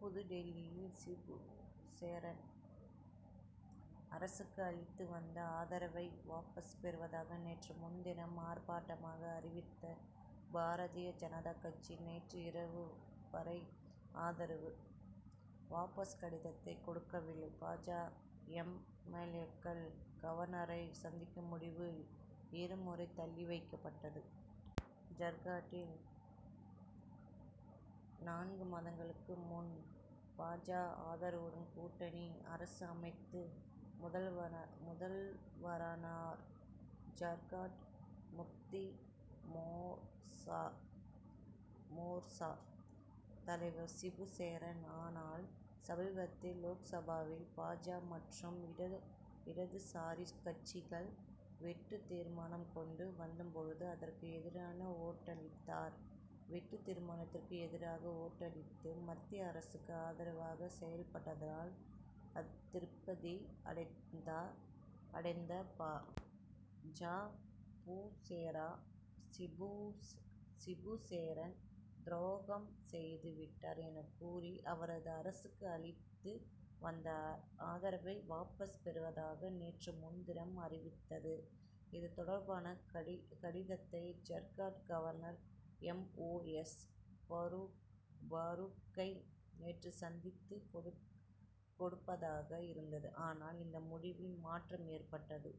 புதுடில்லி சிபுசோரன் அரசுக்கு அளித்து வந்த ஆதரவை வாபஸ் பெறுவதாக நேற்று முன்தினம் ஆர்ப்பாட்டமாக அறிவித்த பாரதிய ஜனதா கட்சி நேற்றிரவு வரை ஆதரவு வாபஸ் கடிதத்தை கொடுக்கவில்லை. பா. ஜ. எம். எல். ஏ.க்கள் கவர்னரை சந்திக்கும் முடிவு இரு முறை தள்ளி வைக்கப்பட்டது. ஜார்க்கண்டில் நான்கு மாதங்களுக்கு முன் பா. ஜ. ஆதரவுடன் கூட்டணி அரசு அமைத்து முதல்வரானார் ஜார்க்கண்ட் முக்தி மோர்ச்சா தலைவர் சிபுசேரன். ஆனால் சமீபத்தில் லோக்சபாவில் பா. ஜ. மற்றும் இடதுசாரி கட்சிகள் வெட்டுத் தீர்மானம் கொண்டு வந்த போது அதற்கு எதிராக ஓட்டளித்தார். வெட்டுத் தீர்மானத்திற்கு எதிராக ஓட்டளித்து மத்திய அரசுக்கு ஆதரவாக செயல்பட்டதால் அத்திருப்தி அடைந்த பா. ஜ. சிபுசேரன் துரோகம் செய்து விட்டார் எனக் கூறி அவரது அரசுக்கு அளித்து வந்த ஆதரவை வாபஸ் பெறுவதாக நேற்று முன்தினம் அறிவித்தது. இது தொடர்பான கடிதத்தை Jharkhand governor M. O. H. பரூக்கை நேற்று சந்தித்து கொடுப்பதாக இருந்தது. ஆனால் இந்த முடிவில் மாற்றம் ஏற்பட்டது.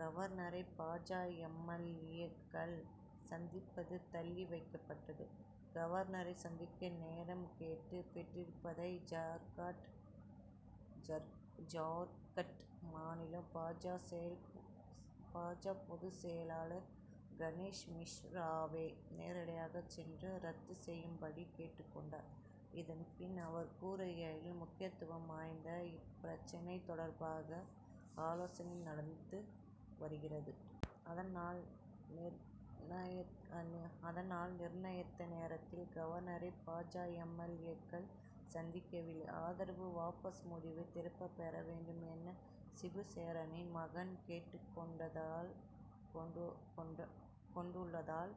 கவர்னரை பா. ஜ. எம். எல். ஏ.க்கள் சந்திப்பது தள்ளி வைக்கப்பட்டது. கவர்னரை சந்திக்க நேரம் கேட்டுப் பெற்றிருப்பதை ஜார்க்கட் மாநில பா. ஜ. பொதுச் செயலர் கணேஷ் மிஸ்ராவே நேரடியாக சென்று ரத்து செய்யும்படி கேட்டுக் கொண்டார். இதன்பின் அவர் கூறுகையில் முக்கியத்துவம் வாய்ந்த இப்பிரச்னை தொடர்பாக ஆலோசனை நடந்து வருகிறது. அதனால் நிர்ணயித்த நேரத்தில் கவர்னரை பா. ஜ. எம். எல். ஏ.க்கள் சந்திக்கவில்லை. ஆதரவு வாபஸ் முடிவை திரும்பப் பெற வேண்டும் என சிபுசேரனின் மகன் கேட்டுக் கொண்டுள்ளதால்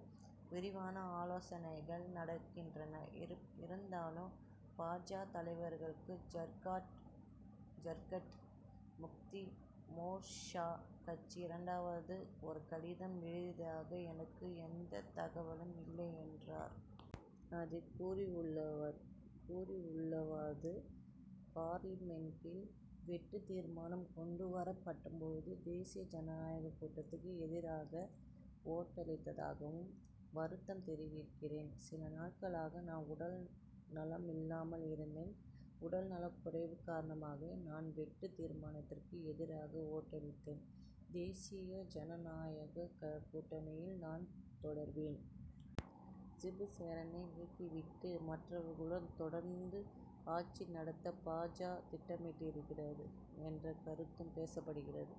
விரிவான ஆலோசனைகள் நடக்கின்றன. இருந்தாலும் பா. ஜ. தலைவர்களுக்கு ஜார்க்கட் முக்தி மோர்சா கட்சி இரண்டாவது ஒரு கடிதம் எழுதியதாக எனக்கு எந்தத் தகவலும் இல்லை என்றார். அதில் கூறியுள்ளவாது பார்லிமென்டில் வெட்டுத் தீர்மானம் கொண்டு வரப்பட்ட போது தேசிய ஜனநாயக கூட்டணிக்கு எதிராக ஓட்டளித்ததாகவும் வருத்தம் தெரிவிக்கிறேன். சில நாட்களாக நான் உடல் நலம் இல்லாமல் இருந்தேன். உடல் நலக்குறைவு காரணமாக நான் வெட்டுத் தீர்மானத்திற்கு எதிராக ஓட்டளித்தேன். தேசிய ஜனநாயக கூட்டணியில் நான் தொடர்வேன். சிபு சேரனை நீக்கி விட்டு மற்றவர்களுடன் தொடர்ந்து ஆட்சி நடத்த பா. ஜ. திட்டமிட்டிருக்கிறது என்ற கருத்தும் பேசப்படுகிறது.